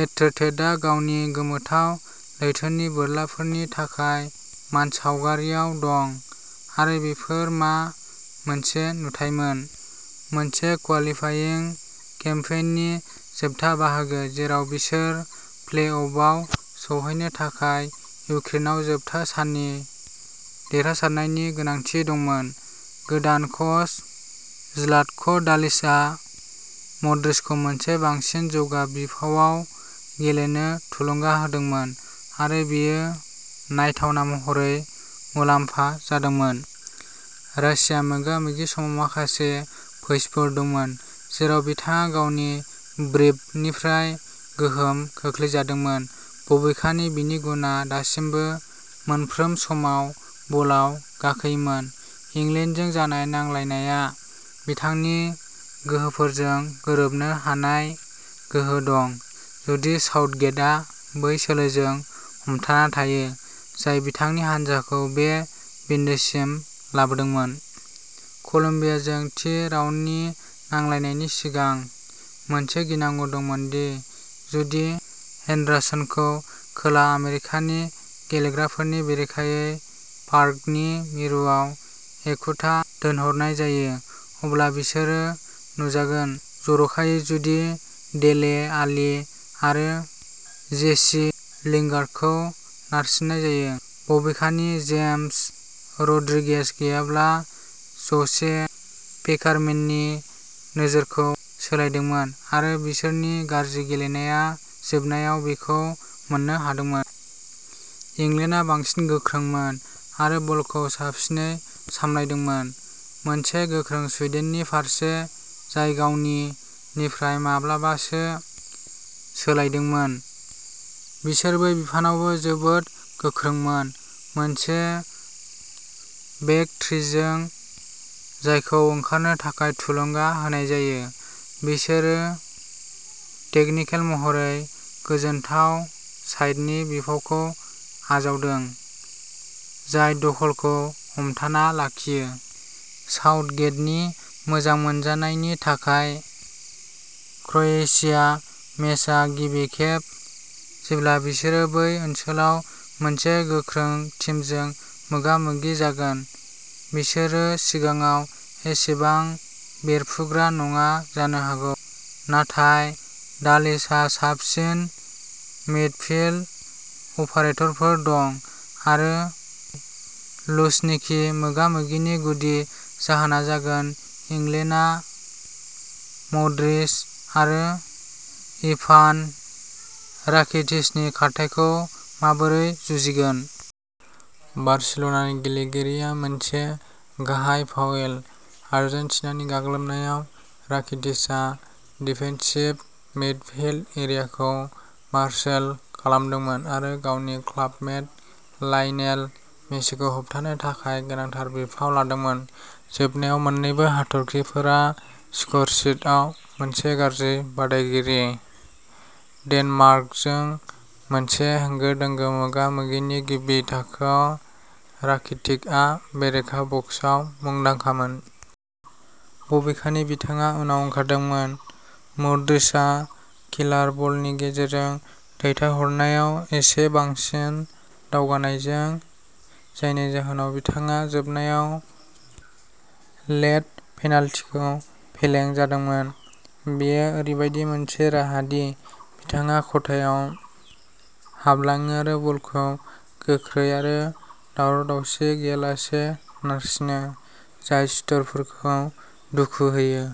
एट्रेटेटआ गावनि गोमोथाव लैथोनि बोरलाफोरनि थाखाय मानसावगारियाव दं, आरो बेफोर मा मोनसे नुथायमोन! मोनसे क्वालिफाइं केम्पेइननि जोबथा बाहागो जेराव बिसोर प्ले-अफआव सौहैनो थाखाय इउक्रेनाव जोबथा साननि देरहासारनायनि गोनांथि दंमोन, गोदान कच ज्लाटक'डालिचआ मद्रिचखौ मोनसे बांसिन जौगा बिफावआव गेलेनो थुलुंगा होदोंमोन आरो बेयो नायथावना महरै मुलाम्फा जादोंमोन। रासिया मोगा-मोगिनि समाव माखासे पैचफोर दंमोन जेराव बिथाङा गावनि ब्रिफनिफ्राय गोहोम खोख्लैजादोंमोन, बबेखानि बिनि गुनआ दासिमबो मोनफ्रोम समाव बलआव गाखोयोमोन। इंलेन्डजों जानाय नांलायनाया बिथांनि गोहोफोरजों गोरोबनो हानाय गोहो दं जुदि साउथगेटआ बै सोलोजों हमथाना थायो जाय बिथांनि हानजाखौ बे बिन्दोसिम लाबोदोंमोन। कलम्बियाजों थि राउन्डनि नांलायनायनि सिगां, मोनसे गिनांगौ दंमोन दि जुदि हेन्डरसनखौ खोला आमेरिकानि गेलेग्राफोरनि बेरेखायै पार्कनि मिरुआव एखुथा दोनहरनाय जायो अब्ला बिसोरो नुजागोन-जर'खायै जुदि डेले आलि आरो जेसि लिंगार्डखौ नारसिननाय जायो। बबेखानि, जेम्स रड्रिगेज गैयाब्ला ज'से पेकारमेननि नोजोरखौ सोलायदोंमोन आरो बिसोरनि गाज्रि गेलेनाया जोबनायाव बेखौ मोन्नो हादोंमोन। इंलेन्डआ बांसिन गोख्रोंमोन आरो बलखौ साबसिनै सामलायदोंमोन। मोनसे गोख्रों सुइडेननि फारसे, जाय गावनि - निफ्राय माब्लाबासो सोलायदोंमोन, बिसोर बै बिफानावबो जोबोद गोख्रोंमोन। मोनसे बेक थ्रिजों, जायखौ ओंखारनो थाखाय थुलुंगा होनाय जायो, बिसोरो टेकनिकेल महरै गोजोनथाव साइडनि बिफावखौ आजावदों, जाय दखलखौ हमथाना लाखियो। साउथगेटनि मोजां मोनजानाय नि थाखाय, क्र'येशिया मेचआ गिबि खेब, जेब्ला बिसोरो बै ओनसोलाव मोनसे गोख्रों टीमजों मोगा-मोगि जागोन। बिसोरो सिगाङाव एसेबां बेरफ्रुग्रा नङा जानो हागौ, नाथाय डालिचहा साबसिन मिडफील्ड अपारेटरफोर दं आरो लुझनिकि मोगा-मोगिनि गुदि जाहोना जागोन इंलेन्डआ मड्रिच आरो इभान राकिटिचनि खारथाइखौ माबोरै जुजिगोन। बार्सिल'नानि गेलेगिरिया मोनसे गाहाय फाविल। आर्जेन्टिनानि गाग्लोबनायाव, राकिटिचआ डिफेन्सिभ मिडफील्ड एरियाखौ मार्शोल खालामदोंमोन आरो गावनि क्लाबमेट लायनेल मेसिखौ होबथानो थाखाय गोनांथार बिफाव लादोंमोन। जोबनायाव, मोन्नैबो हाथरखिफोरा स्करशीटआव मोनसे गाज्रि बादायगिरि। डेनमार्कजों मोनसे होंगो-दोंगो मोगा-मोगिनि गिबि थाखोआव, राकिटिकआ बेरेखा बक्सआव मुंदांखामोन। बबेखानि, बिथाङा उनाव ओंखारदोंमोन, मड्रिचआ किलार बलनि गेजेरजों दैथायहरनायाव एसे बांसिन दावगानायजों, जायनि जाहोनाव बिथाङा जोबनायाव लेट पेनाल्टिखौ फेलें जादोंमोन। बेयो ओरैबायदि मोनसे राहा दि बिथाङा खथायाव हाबलाङो आरो बलखौ गोख्रै आरो दावराव-दावसि गैयालासे नारसिनो, जाय सुथुरफोरखौ दुखु होयो।